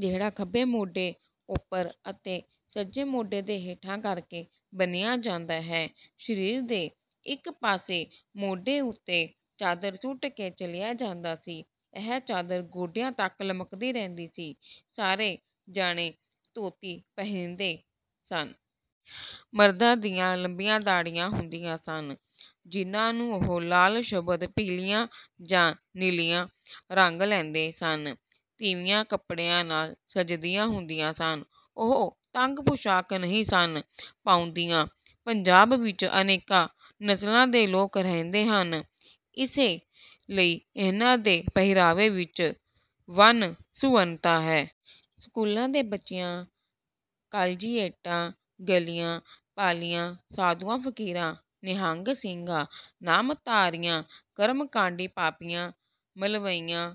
ਜਿਹੜਾ ਖੱਬੇ ਮੋਢੇ ਉੱਪਰ ਅਤੇ ਸੱਜੇ ਮੋਢੇ ਦੇ ਹੇਠਾਂ ਕਰਕੇ ਬੰਨ੍ਹਿਆ ਜਾਂਦਾ ਹੈ। ਸਰੀਰ ਦੇ ਇੱਕ ਪਾਸੇ ਮੋਢੇ ਉੱਤੇ ਚਾਦਰ ਸੁੱਟ ਕੇ ਚਲਿਆ ਜਾਂਦਾ ਸੀ। ਇਹ ਚਾਦਰ ਗੋਡਿਆਂ ਤੱਕ ਲਮਕਦੀ ਰਹਿੰਦੀ ਸੀ। ਸਾਰੇ ਜਣੇ ਧੋਤੀ ਪਹਿਨਦੇ ਸਨ। ਮਰਦਾਂ ਦੀਆਂ ਲੰਮੀਆਂ ਦਾੜ੍ਹੀਆਂ ਹੁੰਦੀਆਂ ਸਨ, ਜਿਨ੍ਹਾਂ ਨੂੰ ਉਹ ਲਾਲ, ਸ਼ਬਜ਼, ਪੀਲੀਆਂ ਜਾਂ ਨੀਲੀਆਂ ਰੰਗ ਲੈਂਦੇ ਸਨ। ਤੀਵੀਆਂ ਕੱਪੜਿਆਂ ਨਾਲ ਸੱਜੀਆਂ ਹੁੰਦੀਆਂ ਸਨ। ਉਹ ਤੰਗ ਪੁਸ਼ਾਕ ਨਹੀਂ ਸਨ ਪਾਉਂਦੀਆਂ। ਪੰਜਾਬ ਵਿੱਚ ਅਨੇਕਾਂ ਨਸਲਾਂ ਦੇ ਲੋਕ ਰਹਿੰਦੇ ਹਨ, ਇਸੇ ਲਈ ਇਹਨਾਂ ਦੇ ਪਹਿਰਾਵੇ ਵਿੱਚ ਵੰਨ-ਸੁਵੰਨਤਾ ਹੈ। ਸਕੂਲਾਂ ਦੇ ਬੱਚਿਆਂ, ਕਾਲਜੀਏਟਾਂ, ਗਲੀਆਂ, ਪਾਲੀਆਂ, ਸਾਧੂਆਂ, ਫ਼ਕੀਰਾਂ, ਨਿਹੰਗ ਸਿੰਘਾਂ, ਨਾਮਧਾਰੀਆਂ, ਕਰਮਕਾਂਡੀ ਪਾਂਧਿਆਂ, ਮਲਵਈਆਂ,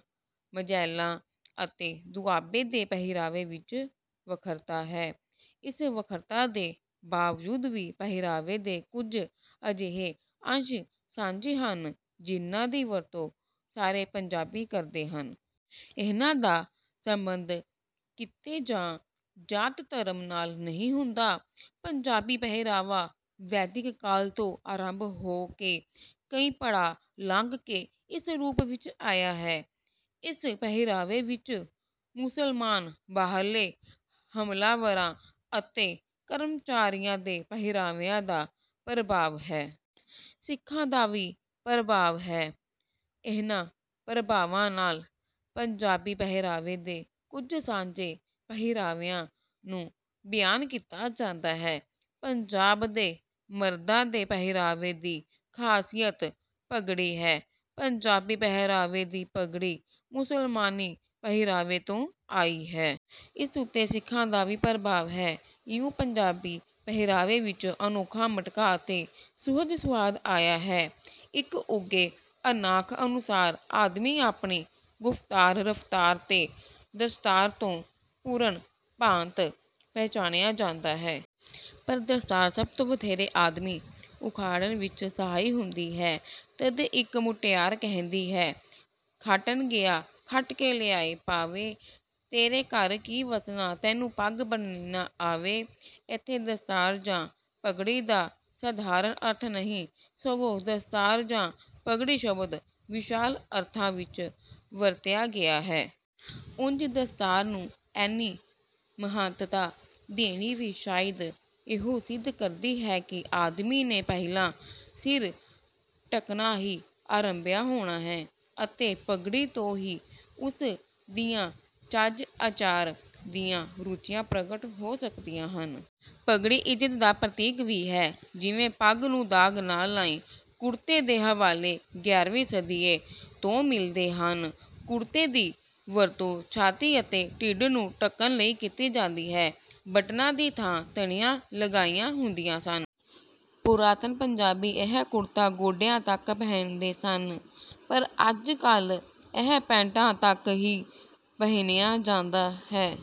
ਮਝੈਲਾਂ ਅਤੇ ਦੁਆਬੀਆਂ ਦੇ ਪਹਿਰਾਵੇ ਵਿੱਚ ਵੱਖਰਤਾ ਹੈ। ਇਸ ਵੱਖਰਤਾ ਦੇ ਬਾਵਜੂਦ ਵੀ ਪਹਿਰਾਵੇ ਦੇ ਕੁਝ ਅਜਿਹੇ ਅੰਸ਼ ਸਾਂਝੇ ਹਨ, ਜਿਨ੍ਹਾਂ ਦੀ ਵਰਤੋਂ ਸਾਰੇ ਪੰਜਾਬੀ ਕਰਦੇ ਹਨ। ਇਹਨਾਂ ਦਾ ਸੰਬੰਧ ਕਿੱਤੇ ਜਾਂ ਜਾਤ-ਧਰਮ ਨਾਲ ਨਹੀਂ ਹੁੰਦਾ ਹੈ। ਪੰਜਾਬੀ ਪਹਿਰਾਵਾ ਵੈਦਿਕ ਕਾਲ ਤੋਂ ਆਰੰਭ ਹੋ ਕੇ ਕਈ ਪੜਾਅ ਲੰਘ ਕੇ ਇਸ ਰੂਪ ਵਿੱਚ ਆਇਆ ਹੈ। ਇਸ ਪਹਿਰਾਵੇ ਵਿੱਚ ਮੁਸਲਮਾਨਾਂ, ਬਾਹਰਲੇ ਹਮਲਾਵਰਾਂ ਅਤੇ ਕਰਮਚਾਰੀਆਂ ਦੇ ਪਹਿਰਾਵਿਆਂ ਦਾ ਪ੍ਰਭਾਵ ਹੈ। ਸਿੱਖਾਂ ਦਾ ਵੀ ਪ੍ਰਭਾਵ ਹੈ। ਇਹਨਾਂ ਪ੍ਰਭਾਵਾਂ ਨਾਲ ਪੰਜਾਬੀ ਪਹਿਰਾਵੇ ਦੇ ਕੁਝ ਸਾਂਝੇ ਪਹਿਰਾਵਿਆਂ ਨੂੰ ਬਿਆਨ ਕੀਤਾ ਜਾਂਦਾ ਹੈ। ਪੰਜਾਬ ਦੇ ਮਰਦਾਂ ਦੇ ਪਹਿਰਾਵੇ ਦੀ ਖ਼ਾਸੀਅਤ ਪੱਗੜੀ ਹੈ। ਪੰਜਾਬੀ ਪਹਿਰਾਵੇ ਦੀ ਪੱਗੜੀ ਮੁਸਲਮਾਨੀ ਪਹਿਰਾਵੇ ਤੋਂ ਆਈ ਹੈ। ਇਸ ਉੱਤੇ ਸਿੱਖਾਂ ਦਾ ਵੀ ਪ੍ਰਭਾਵ ਹੈ। ਇਉਂ ਪੰਜਾਬੀ ਪਹਿਰਾਵੇ ਵਿੱਚ ਅਨੋਖਾ ਮਟਕਾ ਅਤੇ ਸੁਹਜ-ਸੁਆਦ ਆਇਆ ਹੈ। ਇੱਕ ਉੱਘੇ ਅਖਾਣ ਅਨੁਸਾਰ, ਆਦਮੀ ਆਪਣੀ “ਗੁਫ਼ਤਾਰ, ਰਫ਼ਤਾਰ ਤੇ ਦਸਤਾਰ” ਤੋਂ ਪੂਰਨ ਭਾਂਤ ਪਛਾਣਿਆ ਜਾਂਦਾ ਹੈ। ਪਰ ਦਸਤਾਰ ਸਭ ਤੋਂ ਵਧੇਰੇ ਆਦਮੀ ਉਘਾੜਨ ਵਿੱਚ ਸਹਾਈ ਹੁੰਦੀ ਹੈ। ਤਦੇ ਇੱਕ ਮੁਟਿਆਰ ਕਹਿੰਦੀ ਹੈ: “ਖੱਟਣ ਗਿਆ ਖੱਟ ਕੇ ਲਿਆਂਦੇ ਪਾਵੇ, ਤੇਰੇ ਘਰ ਕੀ ਵੱਸਣਾ, ਤੈਨੂੰ ਪੱਗ ਬੰਨ੍ਹਣੀ ਨਾ ਆਵੇ।” ਇੱਥੇ ਦਸਤਾਰ ਜਾਂ ਪੱਗੜੀ ਦਾ ਸਾਧਾਰਣ ਅਰਥ ਨਹੀਂ, ਸਗੋਂ ਦਸਤਾਰ ਜਾਂ ਪੱਗੜੀ ਸ਼ਬਦ ਵਿਸ਼ਾਲ ਅਰਥਾਂ ਵਿੱਚ ਵਰਤਿਆ ਗਿਆ ਹੈ। ਉਂਝ ਦਸਤਾਰ ਨੂੰ ਐਨੀ ਮਹੱਤਤਾ ਦੇਣੀ ਵੀ ਸ਼ਾਇਦ ਇਹੋ ਸਿੱਧ ਕਰਦੀ ਹੈ ਕਿ ਆਦਮੀ ਨੇ ਪਹਿਲਾਂ ਸਿਰ ਢੱਕਣਾ ਹੀ ਆਰੰਭਿਆ ਹੋਣਾ ਹੈ ਅਤੇ ਪੱਗੜੀ ਤੋਂ ਹੀ ਉਸ ਦੀਆਂ ਚੱਜ-ਆਚਾਰ ਦੀਆਂ ਰੁਚੀਆਂ ਪ੍ਰਗਟ ਹੋ ਸਕਦੀਆਂ ਹਨ। ਪੱਗੜੀ ਇੱਜ਼ਤ ਦਾ ਪ੍ਰਤੀਕ ਵੀ ਹੈ, ਜਿਵੇਂ—“ਪੱਗ ਨੂੰ ਦਾਗ ਨਾ ਲਾਈਂ।” ਕੁੜਤੇ ਦੇ ਹਵਾਲੇ ਗਿਆਰਵੀਂ ਸਦੀ ਈ. ਤੋਂ ਮਿਲਦੇ ਹਨ। ਕੁੜਤੇ ਦੀ ਵਰਤੋਂ ਛਾਤੀ ਅਤੇ ਢਿੱਡ ਨੂੰ ਢੱਕਣ ਲਈ ਕੀਤੀ ਜਾਂਦੀ ਹੈ। ਬਟਨਾਂ ਦੀ ਥਾਂ ਤਣੀਆਂ ਲੱਗੀਆਂ ਹੁੰਦੀਆਂ ਸਨ। ਪੁਰਾਤਨ ਪੰਜਾਬੀ ਇਹ ਕੁੜਤਾ ਗੋਡਿਆਂ ਤੱਕ ਪਹਿਨਦੇ ਸਨ, ਪਰ ਅੱਜ-ਕੱਲ੍ਹ ਇਹ ਪੈਂਟਾਂ ਤੱਕ ਹੀ ਪਹਿਨਿਆ ਜਾਂਦਾ ਹੈ।